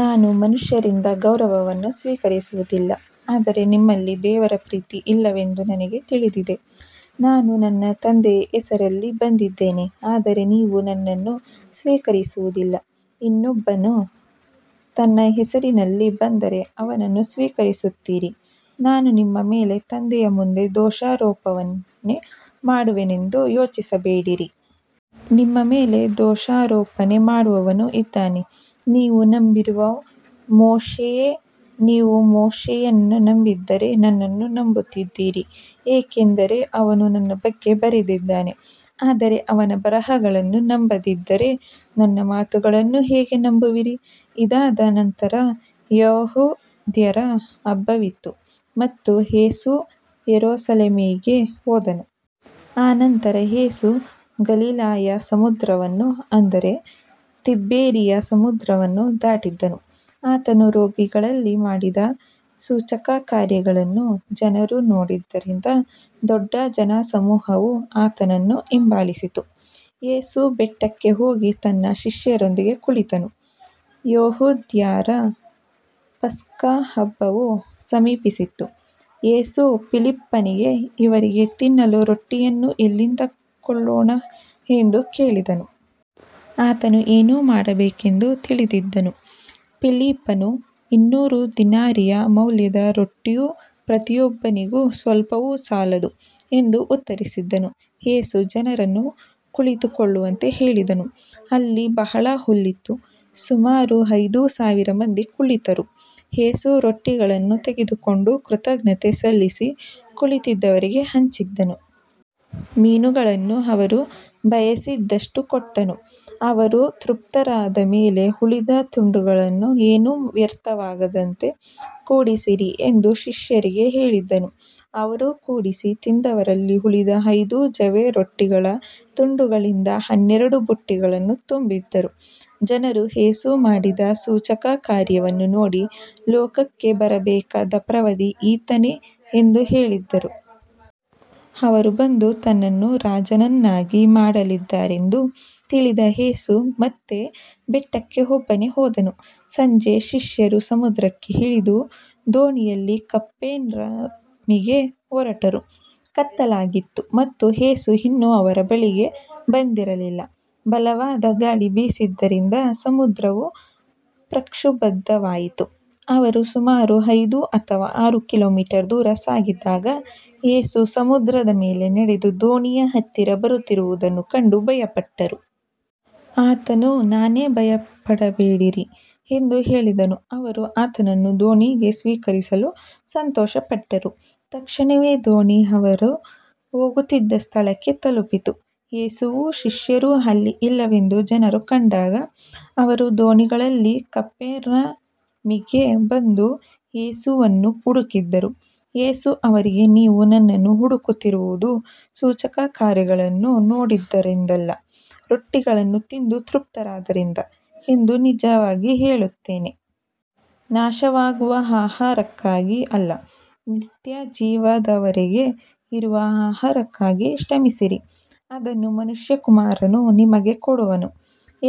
ನಾನು ಮನುಷ್ಯರಿಂದ ಗೌರವವನ್ನು ಸ್ವೀಕರಿಸುವುದಿಲ್ಲ, ಆದರೆ ನಿಮ್ಮಲ್ಲಿ ದೇವರ ಪ್ರೀತಿ ಇಲ್ಲವೆಂದು ನನಗೆ ತಿಳಿದಿದೆ. ನಾನು ನನ್ನ ತಂದೆಯ ಹೆಸರಿನಲ್ಲಿ ಬಂದಿದ್ದೇನೆ, ಆದರೆ ನೀವು ನನ್ನನ್ನು ಸ್ವೀಕರಿಸುವುದಿಲ್ಲ. ಇನ್ನೊಬ್ಬನು ತನ್ನ ಹೆಸರಿನಲ್ಲಿ ಬಂದರೆ ಅವನನ್ನು ಸ್ವೀಕರಿಸುತ್ತೀರಿ. ನಾನು ನಿಮ್ಮ ಮೇಲೆ ತಂದೆಯ ಮುಂದೆ ದೋಷಾರೋಪಣೆ ಮಾಡುವೆನೆಂದು ಯೋಚಿಸಬೇಡಿರಿ. ನಿಮ್ಮ ಮೇಲೆ ದೋಷಾರೋಪಣೆ ಮಾಡುವವನು ಇದ್ದಾನೆ, ನೀವು ನಂಬಿರುವ ಮೋಶೆಯೇ. ನೀವು ಮೋಶೆಯನ್ನು ನಂಬಿದ್ದರೆ ನನ್ನನ್ನೂ ನಂಬುತ್ತಿದ್ದಿರಿ, ಏಕೆಂದರೆ ಅವನು ನನ್ನ ಬಗ್ಗೆ ಬರೆದಿದ್ದಾನೆ. ಆದರೆ ಅವನ ಬರಹಗಳನ್ನು ನಂಬದಿದ್ದರೆ ನನ್ನ ಮಾತುಗಳನ್ನು ಹೇಗೆ ನಂಬುವಿರಿ. ಇದಾದ ನಂತರ ಯೆಹೂದ್ಯರ ಹಬ್ಬವಿತ್ತು ಮತ್ತು ಯೇಸು ಯೆರೂಸಲೇಮಿಗೆ ಹೋದನು. ಅನಂತರ ಯೇಸು ಗಲಿಲಾಯ ಸಮುದ್ರವನ್ನು, ಅಂದರೆ ತಿಬೇರಿಯ ಸಮುದ್ರವನ್ನು, ದಾಟಿದನು. ಆತನು ರೋಗಿಗಳಲ್ಲಿ ಮಾಡಿದ ಸೂಚಕಕಾರ್ಯಗಳನ್ನು ಜನರು ನೋಡಿದ್ದರಿಂದ ದೊಡ್ಡ ಜನಸಮೂಹವು ಆತನನ್ನು ಹಿಂಬಾಲಿಸಿತು. ಯೇಸು ಬೆಟ್ಟಕ್ಕೆ ಹೋಗಿ ತನ್ನ ಶಿಷ್ಯರೊಂದಿಗೆ ಕುಳಿತನು. ಯೆಹೂದ್ಯರ ಪಸ್ಕಹಬ್ಬವು ಸಮೀಪಿಸಿತ್ತು. ಯೇಸು ಫಿಲಿಪ್ಪನಿಗೆ, ಇವರಿಗೆ ತಿನ್ನಲು ರೊಟ್ಟಿಯನ್ನು ಎಲ್ಲಿಂದ ಕೊಳ್ಳೋಣ ಎಂದು ಕೇಳಿದನು. ಆತನು ಏನು ಮಾಡಬೇಕೆಂದು ತಿಳಿದಿದ್ದನು. ಫಿಲಿಪ್ಪನು, ಇನ್ನೂರು ದಿನಾರಿಯ ಮೌಲ್ಯದ ರೊಟ್ಟಿಯೂ ಪ್ರತಿಯೊಬ್ಬನಿಗೆ ಸ್ವಲ್ಪವೂ ಸಾಲದು ಎಂದು ಉತ್ತರಿಸಿದನು. ಯೇಸು ಜನರನ್ನು ಕುಳಿತುಕೊಳ್ಳುವಂತೆ ಹೇಳಿದನು. ಅಲ್ಲಿ ಬಹಳ ಹುಲ್ಲಿತ್ತು. ಸುಮಾರು ಐದು ಸಾವಿರ ಮಂದಿ ಕುಳಿತರು. ಯೇಸು ರೊಟ್ಟಿಗಳನ್ನು ತೆಗೆದುಕೊಂಡು ಕೃತಜ್ಞತೆ ಸಲ್ಲಿಸಿ, ಕುಳಿತಿದ್ದವರಿಗೆ ಹಂಚಿದನು. ಮೀನುಗಳನ್ನೂ ಅವರು ಬಯಸಿದಷ್ಟು ಕೊಟ್ಟನು. ಅವರು ತೃಪ್ತರಾದ ಮೇಲೆ, ಉಳಿದ ತುಂಡುಗಳನ್ನು ಏನೂ ವ್ಯರ್ಥವಾಗದಂತೆ ಕೂಡಿಸಿರಿ ಎಂದು ಶಿಷ್ಯರಿಗೆ ಹೇಳಿದನು. ಅವರು ಕೂಡಿಸಿ, ತಿಂದವರಲ್ಲಿ ಉಳಿದ ಐದು ಜವೆ ರೊಟ್ಟಿಗಳ ತುಂಡುಗಳಿಂದ ಹನ್ನೆರಡು ಬುಟ್ಟಿಗಳನ್ನು ತುಂಬಿದರು. ಜನರು ಯೇಸು ಮಾಡಿದ ಸೂಚಕಕಾರ್ಯವನ್ನು ನೋಡಿ, ಲೋಕಕ್ಕೆ ಬರಬೇಕಾದ ಪ್ರವಾದಿ ಈತನೇ ಎಂದು ಹೇಳಿದರು. ಅವರು ಬಂದು ತನ್ನನ್ನು ರಾಜನನ್ನಾಗಿ ಮಾಡಲಿದ್ದಾರೆಂದು ತಿಳಿದ ಯೇಸು ಮತ್ತೆ ಬೆಟ್ಟಕ್ಕೆ ಒಬ್ಬನೇ ಹೋದನು. ಸಂಜೆ ಶಿಷ್ಯರು ಸಮುದ್ರಕ್ಕೆ ಇಳಿದು, ದೋಣಿಯಲ್ಲಿ ಕಪೆರ್ನೌಮಿಗೆ ಹೊರಟರು. ಕತ್ತಲಾಗಿತ್ತು ಮತ್ತು ಯೇಸು ಇನ್ನೂ ಅವರ ಬಳಿಗೆ ಬಂದಿರಲಿಲ್ಲ. ಬಲವಾದ ಗಾಳಿ ಬೀಸಿದ್ದರಿಂದ ಸಮುದ್ರವು ಪ್ರಕ್ಷುಬ್ಧವಾಯಿತು. ಅವರು ಸುಮಾರು ಐದು ಅಥವಾ ಆರು ಕಿಲೋಮೀಟರ್ ದೂರ ಸಾಗಿದಾಗ, ಯೇಸು ಸಮುದ್ರದ ಮೇಲೆ ನಡೆದು ದೋಣಿಯ ಹತ್ತಿರ ಬರುತ್ತಿರುವುದನ್ನು ಕಂಡು ಭಯಪಟ್ಟರು. ಆತನು, ನಾನೇ, ಭಯಪಡಬೇಡಿರಿ ಎಂದು ಹೇಳಿದನು. ಅವರು ಆತನನ್ನು ದೋಣಿಗೆ ಸ್ವೀಕರಿಸಲು ಸಂತೋಷಪಟ್ಟರು. ತಕ್ಷಣವೇ ದೋಣಿ ಅವರು ಹೋಗುತ್ತಿದ್ದ ಸ್ಥಳಕ್ಕೆ ತಲುಪಿತು. ಯೇಸುವೂ ಶಿಷ್ಯರೂ ಅಲ್ಲಿ ಇಲ್ಲವೆಂದು ಜನರು ಕಂಡಾಗ, ಅವರು ದೋಣಿಗಳಲ್ಲಿ ಕಪೆರ್ನೌಮಿಗೆ ಬಂದು ಯೇಸುವನ್ನು ಹುಡುಕಿದರು. ಯೇಸು ಅವರಿಗೆ, ನೀವು ನನ್ನನ್ನು ಹುಡುಕುತ್ತಿರುವುದು ಸೂಚಕಕಾರ್ಯಗಳನ್ನು ನೋಡಿದ್ದರಿಂದಲ್ಲ, ರೊಟ್ಟಿಗಳನ್ನು ತಿಂದು ತೃಪ್ತರಾದದ್ದರಿಂದ ಎಂದು ನಿಜವಾಗಿ ಹೇಳುತ್ತೇನೆ. ನಾಶವಾಗುವ ಆಹಾರಕ್ಕಾಗಿ ಅಲ್ಲ, ನಿತ್ಯಜೀವದವರೆಗೆ ಇರುವ ಆಹಾರಕ್ಕಾಗಿ ಶ್ರಮಿಸಿರಿ. ಅದನ್ನು ಮನುಷ್ಯಕುಮಾರನು ನಿಮಗೆ ಕೊಡುವನು,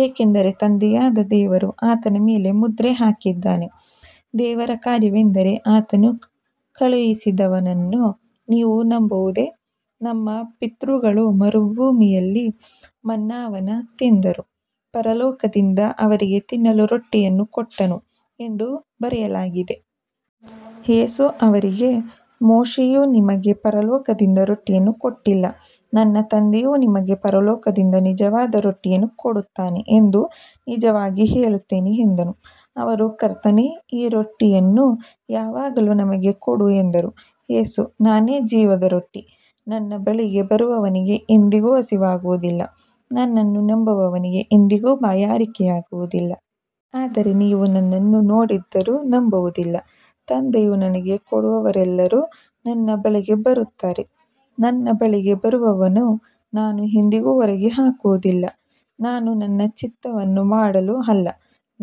ಏಕೆಂದರೆ ತಂದೆಯಾದ ದೇವರು ಆತನ ಮೇಲೆ ಮುದ್ರೆ ಹಾಕಿದ್ದಾನೆ. ದೇವರ ಕಾರ್ಯವೆಂದರೆ ಆತನು ಕಳುಹಿಸಿದವನನ್ನು ನೀವು ನಂಬುವುದೇ. ನಮ್ಮ ಪಿತೃಗಳು ಮರುಭೂಮಿಯಲ್ಲಿ ಮನ್ನಾವನ್ನು ತಿಂದರು, ಪರಲೋಕದಿಂದ ಅವರಿಗೆ ತಿನ್ನಲು ರೊಟ್ಟಿಯನ್ನು ಕೊಟ್ಟನು ಎಂದು ಬರೆಯಲಾಗಿದೆ. ಯೇಸು ಅವರಿಗೆ, ಮೋಶೆಯು ನಿಮಗೆ ಪರಲೋಕದಿಂದ ರೊಟ್ಟಿಯನ್ನು ಕೊಟ್ಟಿಲ್ಲ. ನನ್ನ ತಂದೆಯು ನಿಮಗೆ ಪರಲೋಕದಿಂದ ನಿಜವಾದ ರೊಟ್ಟಿಯನ್ನು ಕೊಡುತ್ತಾನೆ ಎಂದು ನಿಜವಾಗಿ ಹೇಳುತ್ತೇನೆ ಎಂದನು. ಅವರು, ಕರ್ತನೇ, ಈ ರೊಟ್ಟಿಯನ್ನು ಯಾವಾಗಲೂ ನಮಗೆ ಕೊಡು ಎಂದರು. ಯೇಸು, ನಾನೇ ಜೀವದ ರೊಟ್ಟಿ. ನನ್ನ ಬಳಿಗೆ ಬರುವವನಿಗೆ ಎಂದಿಗೂ ಹಸಿವಾಗುವುದಿಲ್ಲ, ನನ್ನನ್ನು ನಂಬುವವನಿಗೆ ಎಂದಿಗೂ ಬಾಯಾರಿಕೆಯಾಗುವುದಿಲ್ಲ. ಆದರೆ ನೀವು ನನ್ನನ್ನು ನೋಡಿದ್ದರೂ ನಂಬುವುದಿಲ್ಲ. ತಂದೆಯು ನನಗೆ ಕೊಡುವವರೆಲ್ಲರೂ ನನ್ನ ಬಳಿಗೆ ಬರುತ್ತಾರೆ. ನನ್ನ ಬಳಿಗೆ ಬರುವವನನ್ನು ನಾನು ಎಂದಿಗೂ ಹೊರಗೆ ಹಾಕುವುದಿಲ್ಲ. ನಾನು ನನ್ನ ಚಿತ್ತವನ್ನು ಮಾಡಲು ಅಲ್ಲ,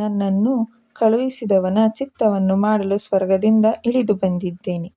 ನನ್ನನ್ನು ಕಳುಹಿಸಿದವನ ಚಿತ್ತವನ್ನು ಮಾಡಲು ಸ್ವರ್ಗದಿಂದ ಇಳಿದುಬಂದಿದ್ದೇನೆ.